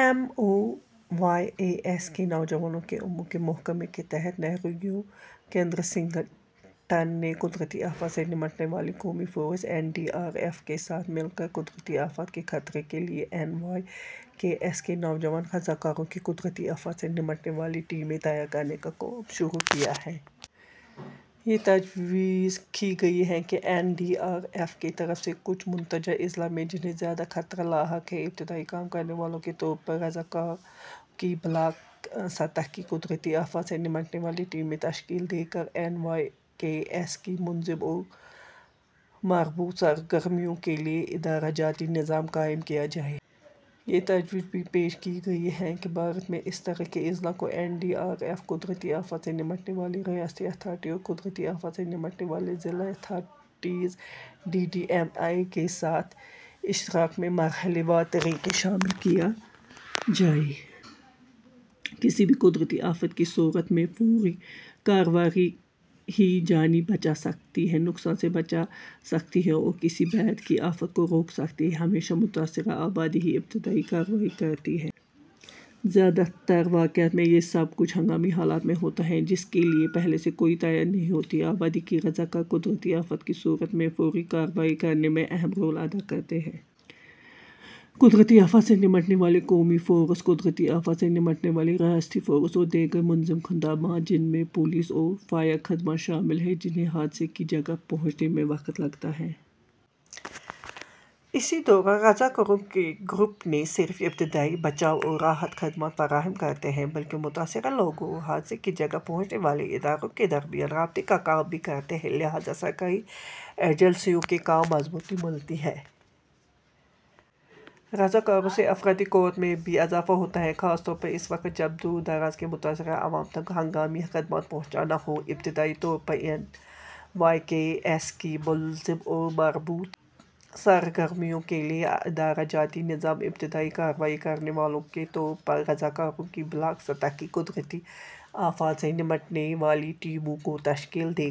M O Y A S کے نوجوانوں کے امور کے محکمے کے تحت نہرو یوا کیندرسنگھٹن نے قدرتی آفات سے نمٹنے والی قومی force N D R F کے ساتھ مل کر قدرتی آفات کے خطرے کے لئے این وائی کے ایس کے نوجوان رضاکاروں کی قدرتی آفات سے نمٹنے والی ٹیمیں تیار کرنے کا کام شروع کیا ہے۔ یہ تجویزرکھی گئی ہے کہ این ڈی آر ایف کی طرف سے کچھ منتخبہ اضلاع میں جنہیں زیادہ خطرہ لاحق ہے ، ابتدائی کام کرنے والوں کے طور پر رضاکاروںکی بلا ک سطح کی قدرتی آفات سے نمٹنے والی ٹیمیں تشکیل دے کر این وائی کے ایس کی منظم اورمربوط سرگرمیوں کے لئے ادارہ جاتی نظام قائم کیا جائے۔ یہ تجویز بھی پیش کی گئی ہے کہ بھارت میں ا س طرح کے اضلاع کو این ڈی آر ایف ، قدرتی آفات سے نمٹنے والی ریاستی اتھارٹی اور قدرتی آفات سے نمٹنے والی ضلع authorities D D M A کے ساتھ اشتراک میں مرحلے وار طریقے سے شامل کیاجائے۔ کسی بھی قدرتی آفت کی صورت میں فوری کارروائی ہی جانیں بچا سکتی ہے، نقصان سے بچا سکتی ہے اور کسی بعد کی آفت کو روک سکتی ہے۔ ہمیشہ متاثرہ آبادی ہی ابتدائی کارروائی کرتی ہے۔ زیادہ ترواقعات میں یہ سب کچھ ہنگامی حالت میں ہوتا ہے ،جس کے لئے پہلےسے کوئی تیاری نہیں ہوتی۔ آبادی کے رضاکار قدرتی آفت کی صورت میں فوری کارروائی کرنے میں اہم رول ادا کرتے ہیں۔ قدرتی آفات سے نمٹنے والی قومی فورس ، قدرتی آفات سے نمٹنے والی ریاستی فورس اوردیگر منظم خدمات جن میں پولیس اورفائر خدمات شامل ہیں ، جنہیں حادثے کی جگہ پہنچنے میں وقت لگتا ہے۔ اسی دوران رضاکاروں کے گروپ نہ صرف ابتدائی بچاؤ اورراحت خدمات فراہم کرتے ہیں بلکہ متاثرہ لوگوں اور حادثے کی جگہ پہنچنے والے اداروں کے درمیان رابطے کا کام بھی کرتے ہیں لہٰذا سرکاری ایجنسیوں کے کام کو مضبوطی ملتی ہے۔ رضاکاروں سے افرادی قوت میں بھی اضافہ ہوتا ہے۔ خاص طورپر اس وقت جب دوردراز کے متاثرہ عوام تک ہنگامی خدمات پہنچانا ہو۔ ابتدائی طورپر این وائی کے ایس کی منظم اور مربوط سرگرمیوں کے لئے ادارہ جاتی نظام ، ابتدائی کارروائی کرنے والوں کے طور پر رضاکاروں کی بلاک سطح کی قدرتی آفات سے نمٹنے والی ٹیموں کوتشکیل دے کر